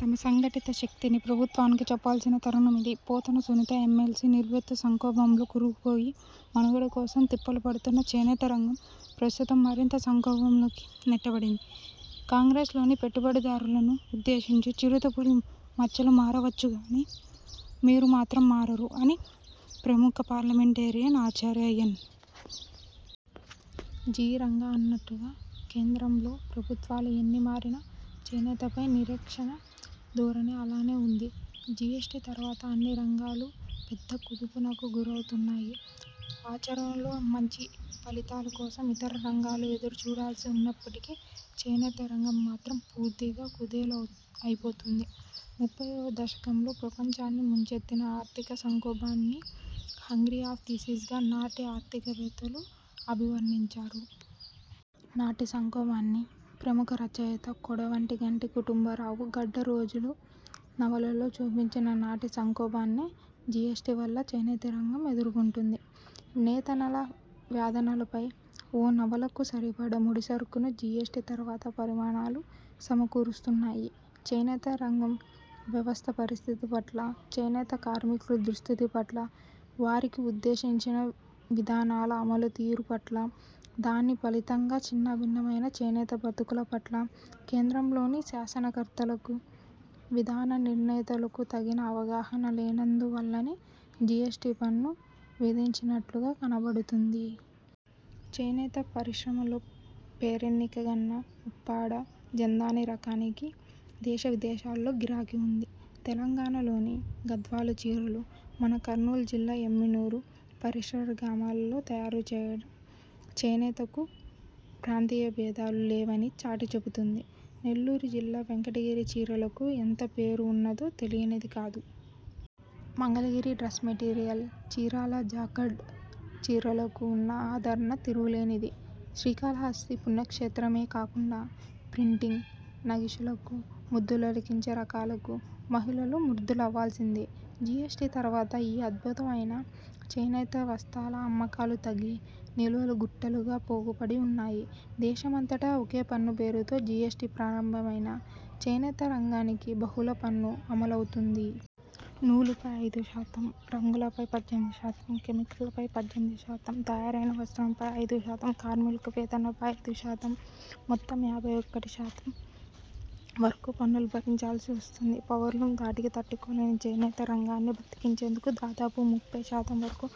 తమ సంఘటిత శక్తిని ప్రభుత్వాలకు చూపాల్సిన తరుణం ఇది. పోతుల సునీత ఎమ్మెల్సీ నిలువెత్తు సంక్షోభంలో కూరుకుపోయి మనుగడ కోసం తిప్పలు పడుతున్న చేనేత రంగం ప్రస్తుతం మరింత సంక్షోభంలోకి నెట్టబడింది. కాంగ్రెస్ లోని పెట్టుబడిదారులను ఉద్దేశించి ''చిరుతపులి మచ్చలు మారవచ్చు గానీ, మీరు మాత్రం మారరు'' అని ప్రముఖ parliamentarian Acharya N. G. Ranga అన్నట్లుగా కేంద్రంలో ప్రభుత్వాలు ఎన్ని మారినా చేనేతపై నిర్లక్ష్య ధోరణి అలానే వుంది. జీఎస్టీ తర్వాత అన్నిరంగాలూ పెద్ద కుదుపునకు గురవుతున్నాయి. ఆచరణలో మంచి ఫలితాల కోసం ఇతర రంగాలు ఎదురుచూడాల్సి వున్నప్పటికీ చేనేత రంగం మాత్రం పూర్తిగా కుదేలు అయిపోయింది. ముప్పైవ దశకంలో ప్రపంచాన్ని ముంచెత్తిన ఆర్థిక సంక్షోభాన్ని 'హంగ్రీ ఆఫ్ థర్టీస్' గా నాటి ఆర్థికవేత్తలు అభివర్ణించారు. నాటి సంక్షోభాన్ని ప్రముఖ రచయిత కొడవటిగంటి కుటుంబరావు 'గడ్డురోజులు' నవలలో చూపించిన లాంటి సంక్షోభాన్నే జీఎస్టీ వల్ల చేనేత రంగం ఎదుర్కొంటుంది. నేతన్నల వ్యధలపై ఓ నవలకు సరిపడా ముడిసరుకు జీఎస్టీ తర్వాత పరిణామాలు సమకూరుస్తున్నాయి. చేనేత రంగం వాస్తవ పరిస్థితి పట్ల, చేనేత కార్మికుల దుస్థితి పట్ల, వారికి ఉద్దేశించిన విధానాల అమలుతీరు పట్ల, దాని ఫలితంగా చిన్నాభిన్నమైన చేనేత బతుకుల పట్ల కేంద్రంలోని శాసనకర్తలకు, విధాన నిర్ణేతలకు తగిన అవగాహన లేనందు వల్లనే జీఎస్టీ పన్ను విధించినట్లుగా కనబడుతుంది. చేనేత పరిశ్రమలో పేరెన్నిక గన్న ఉప్పాడ 'జంధాని' రకానికి దేశ విదేశాల్లో గిరాకీ వుంది. తెలంగాణలోని గద్వాల చీరలు మన కర్నూలు జిల్లా ఎమ్మిగనూరు, పరిసర గ్రామాల్లో తయారు చేయటం చేనేతకు ప్రాంతీయబేధాలు లేవనీ చాటి చెబుతుంది. నెల్లూరు జిల్లా వెంకటగిరి చీరలకు ఎంత పేరు ఉన్నదో తెలియనిది కాదు. Mangalagiri dress material, Chirala jacquard చీరలకు ఉన్న ఆదరణ తిరుగులేనిది. శ్రీకాళహస్తి పుణ్యక్షేత్రమే కాకుండా ప్రింటింగ్, నగిషీలకు, ముద్దులొలికే రకాలకు మహిళలు ముగ్ధులు అవ్వాల్సిందే. జీఎస్టీ తర్వాత ఈ అద్భుతమైన చేనేత వస్త్రాల అమ్మకాలు తగ్గి నిల్వలు గుట్టలుగా పోగుపడి వున్నాయి. దేశమంతటా ఒకే పన్ను పేరుతో జీఎస్టీ ప్రారంభం అయినా చేనేత రంగానికి బహుళ పన్ను అమలు అవుతోంది. నూలుపై ఐదు శాతం, రంగులపై పద్దెనిమిది శాతం, కెమికల్స్ పై పద్దెనిమిది శాతం, తయారైన వస్త్రంపై ఐదు శాతం, కార్మికుల వేతనాలపై ఐదు శాతం మొత్తం యాభై ఒకటి శాతం వరకు పన్నులు భరించాల్సి వస్తుంది. పవర్ లూమ్స్ ధాటికి తట్టుకోలేని చేనేత రంగాన్ని బతికించేందుకు దాదాపు ముప్పై శాతం వరకు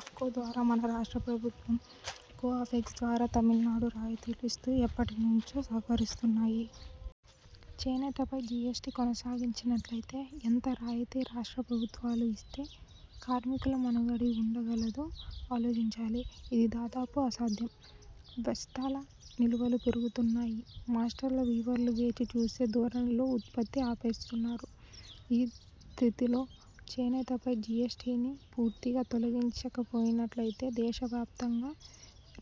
ఆప్కో ద్వారా మన రాష్ట్ర ప్రభుత్వం, కో–ఆప్టెక్స్ ద్వారా తమిళనాడు రాయితీలు ఇస్తూ ఎప్పటి నుంచో సహకరిస్తున్నాయి. చేనేతపై జీఎస్టీ కొనసాగినట్లయితే ఎంత రాయితీ రాష్ట్ర ప్రభుత్వాలు ఇస్తే కార్మికుల మనుగడ వుండగలదో ఆలోచించాలి. ఇది దాదాపు అసాధ్యం. వస్త్రాల నిల్వలు పెరిగిపోతున్నాయి. మాష్టర్ వీవర్లు వేచి చూసే ధోరణిలో ఉత్పత్తి ఆపేస్తున్నారు. ఈ స్థితిలో చేనేతపై జీఎస్టీని పూర్తిగా తొలగించకపోయినట్లయితే, దేశవ్యాప్తంగా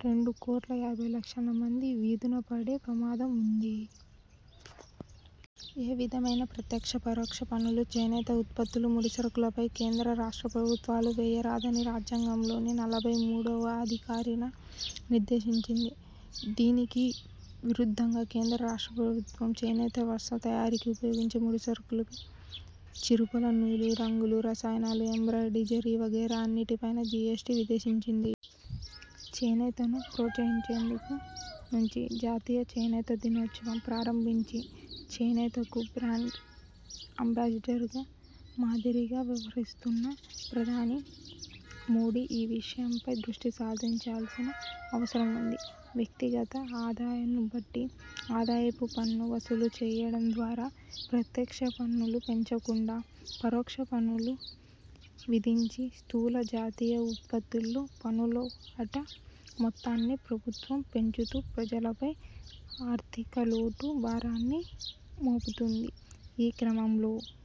రెండుకోట్ల యాభై లక్షల మంది వీధిన పడే ప్రమాదం వుంది. ఏ విధమైన ప్రత్యక్ష, పరోక్ష పన్నులు చేనేత ఉత్పత్తులు, ముడిసరుకులపై కేంద్ర రాష్ట్ర ప్రభుత్వాలు వేయరాదని రాజ్యాంగంలోని నలభై మూడువ అధికరణ నిర్దేశించింది. దీనికి విరుద్ధంగా కేంద్ర ప్రభుత్వం చేనేత వస్త్రం తయారీకి ఉపయోగించే ముడిసరుకులు చిలపల నూలు, రంగులు, రసాయనాలు, ఎంబ్రాయిడరీ, జరీ వగైరా అన్నింటిపైనా జీఎస్టీ విధించింది. చేనేతను ప్రోత్సహించేందుకు నుంచి జాతీయ చేనేత దినోత్సవం ప్రారంభించి చేనేతకు బ్రాండ్ అంబాసిడర్ మాదిరిగా వ్యవహరిస్తున్న ప్రధాని మోదీ ఈ విషయంపై దృష్టి సారించాల్సిన అవసరం వుంది. వ్యక్తిగత ఆదాయాలను బట్టి ఆదాయపన్ను వసూలు చేయడం ద్వారా ప్రత్యక్ష పన్నులు పెంచకుండా, పరోక్ష పన్నులు విధించి స్థూల జాతీయ ఉత్పత్తిలో పన్నుల వాటా మొత్తాన్ని ప్రభుత్వం పెంచుతూ ప్రజలపై ఆర్థికలోటు భారాన్ని మోపుతుంది. ఈ క్రమంలో